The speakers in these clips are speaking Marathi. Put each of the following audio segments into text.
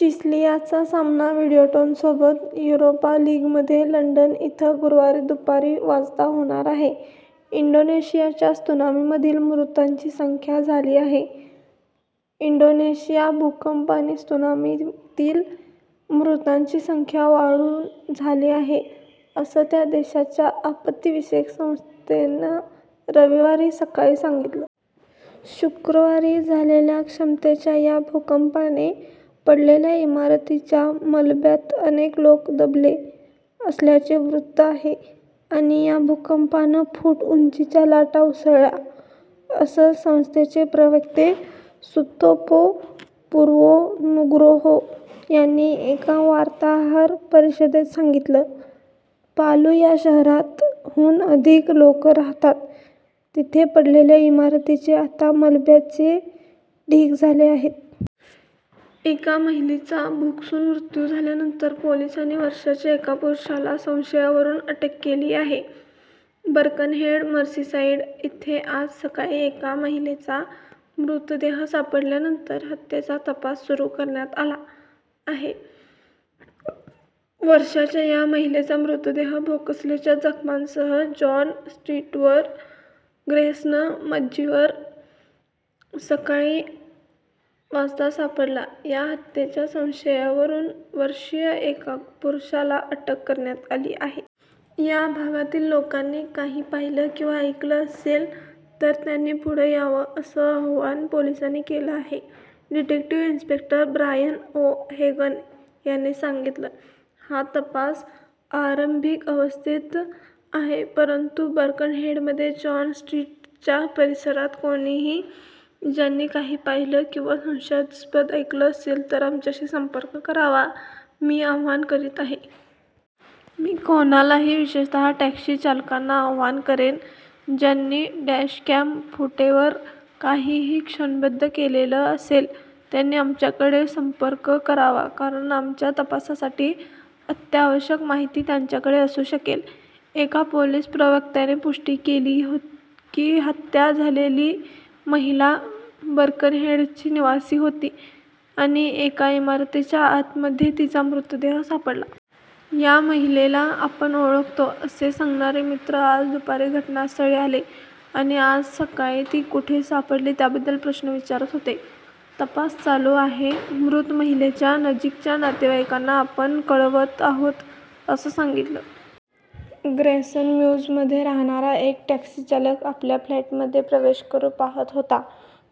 चेल्सिआचा सामना विडीयोटोनसोबत युरोपा लिगमध्ये लंडन इथं गुरुवारी दुपारी वाजता होणार आहे. इंडोनेशियाच्या त्सुनामीमधील मृतांची संख्या झाली आहे इंडोनेशिया भूकंप आणि त्सुनामीतील मृतांची संख्या वाढून झाली आहे, असं त्या देशाच्या आपत्तीविषय संस्थेनं रविवारी सकाळी सांगितलं. शुक्रवारी झालेल्या क्षमतेच्या या भूकंपाने पडलेल्या इमारतींच्या मलब्यात अनेक लोक दबले असल्याचं वृत्त आहे आणि या भूकंपानं फूट उंचीच्या लाटा उसळल्या, असं संस्थेचे प्रवक्ते सुतोपो पुर्वो नुग्रोहो यांनी एका वार्ताहर परिषदेत सांगितलं. पालु या शहरात, हून अधिक लोक राहतात, तिथे पडलेल्या इमारतींचे आता मलब्याचे ढीग झाले आहेत. एका महिलेचा भोसकून मृत्यु झाल्यानंतर पोलिसांनी वर्षांच्या एका पुरूषाला संशयावरुन अटक केली आहे बर्कनहेड, मर्सीसाईड इथे आज सकाळी एका महिलेचा मृतदेह सापडल्यानंतर हत्येचा तपास सुरु करण्यात आला आहे. वर्षांच्या या महिलेचा मृतहेद भोसकल्याच्या जखमांसह जॉन स्ट्रीटवर ग्रेसन मीव्जवर सकाळी वाजता सापडला, या हत्येच्या संशयावरुन वर्षीय एका पुरूषाला अटक करण्यात आली आहे. या भागातील लोकांनी काही पाहिलं किंवा ऐकलं असेल तर त्यांनी पुढे यावं असं आवाहन पोलिसांनी केलं आहे. Detective inspector Brian O'Hagan यांनी सांगितलं: 'हा तपास आरंभिक अवस्थेत आहे परंतु बर्कनहेडमध्ये जॉन स्ट्रीटच्या परिसरातील कोणीही ज्यांनी काही पाहिलं किंवा संशयास्पद ऐकलं असेल तर आमच्याशी संपर्क करावा असं मी आवाहन करीत आहे. मी कोणालाही, विशेषतः टॅक्सी चालकांना आवाहन करेन, ज्यांनी डॅशकॅम फूटेवर काहीही क्षणबद्ध केलेलं असेल त्यांनी आमच्याकडे संपर्क करावा कारण आमच्या तपासासाठी अत्यावश्यक माहिती त्यांच्याकडे असू शकेल. ' एका पोलिस प्रवक्त्यानं पुष्टि केली की हत्या झालेली महिला बर्कनहेडची निवासी होती आणि एका इमारतीच्या आतमध्ये तिचा मृतदेह सापडला होता. या महिलेला आपण ओळखतो असे सांगणारे मित्र आज दुपारी घटना स्थळी आले आणि आज सकाळी ती कोठे सापडली त्याबद्दल प्रश्न विचारत होते. तपास चालू आहे आणि मृत महिलेच्या नजिकच्या नातेवाईकांना आपण कळवत आहोत असं सांगितलं आहे. ग्रेसन मीव्जमध्ये राहणारा एक टॅक्सी चालक आपल्या फ्लॅटमध्ये प्रवेश करु पाहात होतो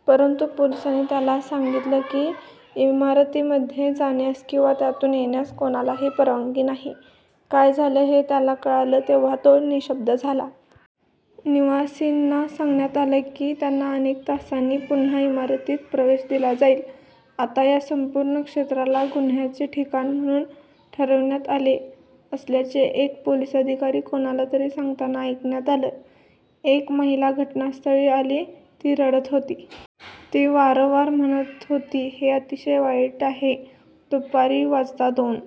परंतु पोलिसांनी त्याला सांगितलं की या इमारतीमध्ये जाण्यास किंवा त्यातून येण्यास कोणालाही परवानगी नाही. काय झालं हे त्याला कळाला तेव्हा तो निःशब्द झाला. निवासींना सांगण्यात आलं की त्यांना अनेक तासांनी पुन्हा इमारतीत प्रवेश दिला जाईल. आता या संपूर्ण क्षेत्राला गुन्ह्याचे ठिकाण म्हणून ठरविण्यात आले असल्याचं एक पोलिस अधिकारी कोणाला तरी सांगताना ऐकण्यात आलं. एक महिला घटनास्थळी आली, ती रडत होती. ती वारंवार म्हणत होती 'हे अतिशय वाईट आहे'. दुपारी वाजता दोन